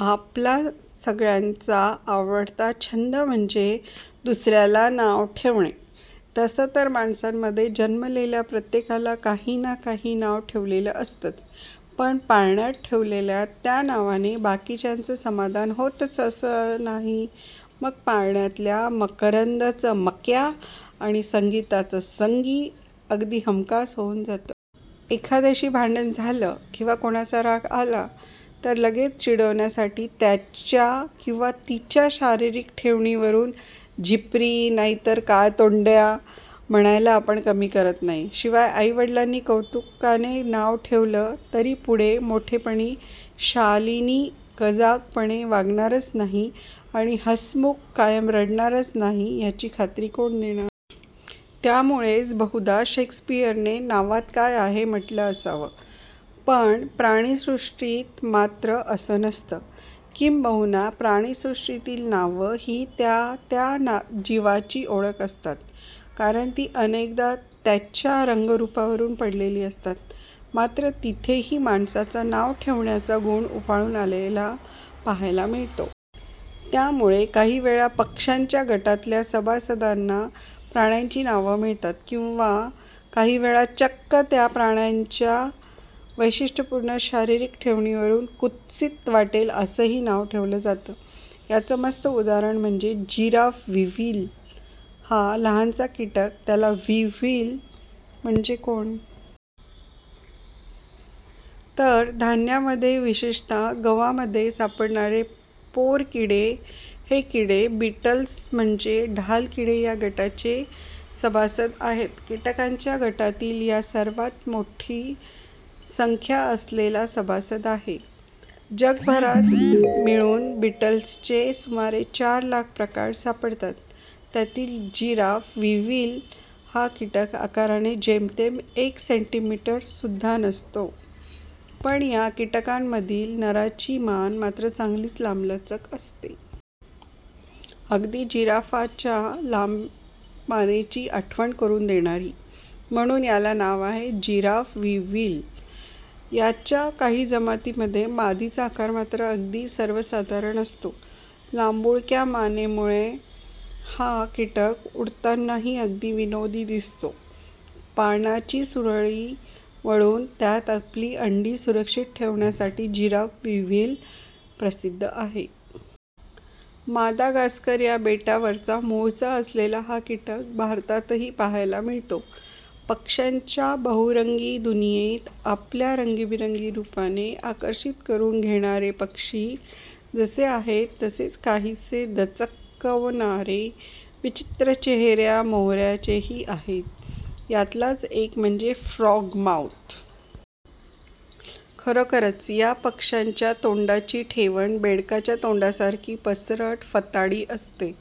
आपला सगळ्यांचा आवडता छंद म्हणजे दुसऱ्याला नावं ठेवणं. तसं तर माणसांमध्ये जन्मलेल्या प्रत्येकाला काही ना काही नाव ठेवलेलं असतंच, पण पाळण्यात ठेवलेल्या त्या नावाने बाकीच्यांचं समाधान होतंच असं नाही, मग पाळणातल्या 'मकरंद'चं 'मक्या' आणि 'संगीताचं' 'संगी' अगदी हमखास होऊन जातं. एखाद्याशी भांडण झालं किंवा कोणाचा राग आला तर लगेच चिडवण्यासाठी त्याच्या किंवा तिच्या शारीरिक ठेवणीवरून 'झिपरी' नाहीतर 'काळतोंड्या' म्हणायला आपण कमी करत नाही. शिवाय आई-वडिलांनी कौतुकाने नाव ठेवलं तरी पुढे मोठेपणी 'शालिनी' कजागपणे वागणारच नाही आणि 'हसमुख' कायम रडणारच नाही याची खात्री कोण देणार? त्यामुळेच बहुधा शेक्सपियरने 'नावात काय आहे? ' म्हटलं असावं. पण प्राणिसृष्टीत मात्र असं नसतं. किंबहुना प्राणिसृष्टीतील नावं ही त्या त्या जीवाची ओळख असतात, कारण ती अनेकदा त्याच्या रंगरुपावरून पडलेली असतात. मात्र तिथेही माणसाचा 'नाव ठेवण्याचा' गुण उफाळून आलेला पाहायला मिळतो. त्यामुळे काही वेळा पक्ष्यांच्या गटातल्या सभासदांना प्राण्यांची नावं मिळतात किंवा काहीवेळा चक्क त्या प्राण्याच्या वैशिष्ट्यपूर्ण शारीरिक ठेवणीवरून कुत्सित वाटेल असंही नाव ठेवलं जातं. याचं मस्त उदाहरण म्हणजे 'जिराफ विव्हिल' हा लहानसा कीटक. आता 'विव्हिल' म्हणजे कोण? तर धान्यांमध्ये, विशेषतः गव्हामध्ये सापडणारे 'पोरकिडे'. हे किडे बिटल्स म्हणजे ढालकिडे या गटाचे सभासद आहेत. कीटकांच्या गटातील हा सर्वांत मोठी संख्या असलेला सभासद आहे. जगभरात मिळून बिटल्सचे सुमारे चार लाख प्रकार सापडतात. त्यातील 'जिराफ विव्हिल' हा कीटक आकाराने जेमतेम एक सेंटिमीटरसुद्धा नसतो, पण या कीटकांमधील नराची मान मात्र चांगलीच लांबलचक असते. अगदी जिराफाच्या लांबमानेची आठवण करून देणारी! म्हणून याला नाव आहे 'जिराफ विव्हिल'. याच्या काही जातींमध्ये मादीचा आकार मात्र अगदी सर्वसाधारण असतो. लांबुळक्या मानेमुळे हा कीटक उडतानाही अगदी विनोदी दिसतो. पानाची सुरळी वळून त्यात आपली अंडी सुरक्षित ठेवण्यासाठी जिराफ विव्हिल प्रसिद्ध आहे. मादागास्कर या बेटावरचा मूळचा असलेला हा कीटक भारतातही पाहायला मिळतो. पक्ष्यांच्या बहुरंगी दुनियेत आपल्या रंगीबेरंगी रुपाने आकर्षित करून घेणारे पक्षी जसे आहेत, तसेच काहिसे दचकवणारे, विचित्र चेहऱ्यामोहऱ्याचेही आहेत. त्यातलाच एक म्हणजे 'फ्रॉग माऊथ'. खरोखरच या पक्ष्याच्या तोंडाची ठेवण बेडकाच्या तोंडासारखी पसरट, फताडी असते.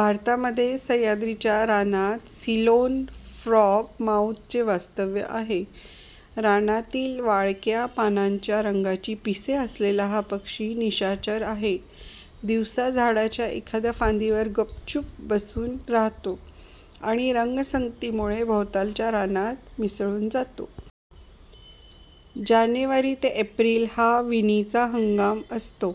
भारतामध्ये सह्याद्रीच्या रानात 'सिलोन फ्रॉगमाऊथ'चे वास्तव्य आहे. रानातील वाळक्या पानांच्या रंगाची पिसे असलेला हा पक्षी निशाचर आहे. दिवसा झाडाच्या एखाद्या फांदीवर गुपचूप बसून राहतो आणि रंगसंगतीमुळे भोवतालच्या रानात मिसळून जातो. जानेवारी ते एप्रिल हा विणीचा हंगाम असतो.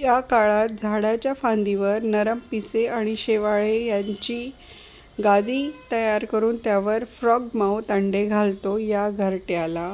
या काळात झाडाच्या फांदीवर नरम पिसे आणि शेवाळे यांची गादी तयार करून त्यावर फ्रॉगमाऊथ अंडे घालतो. या घरट्याला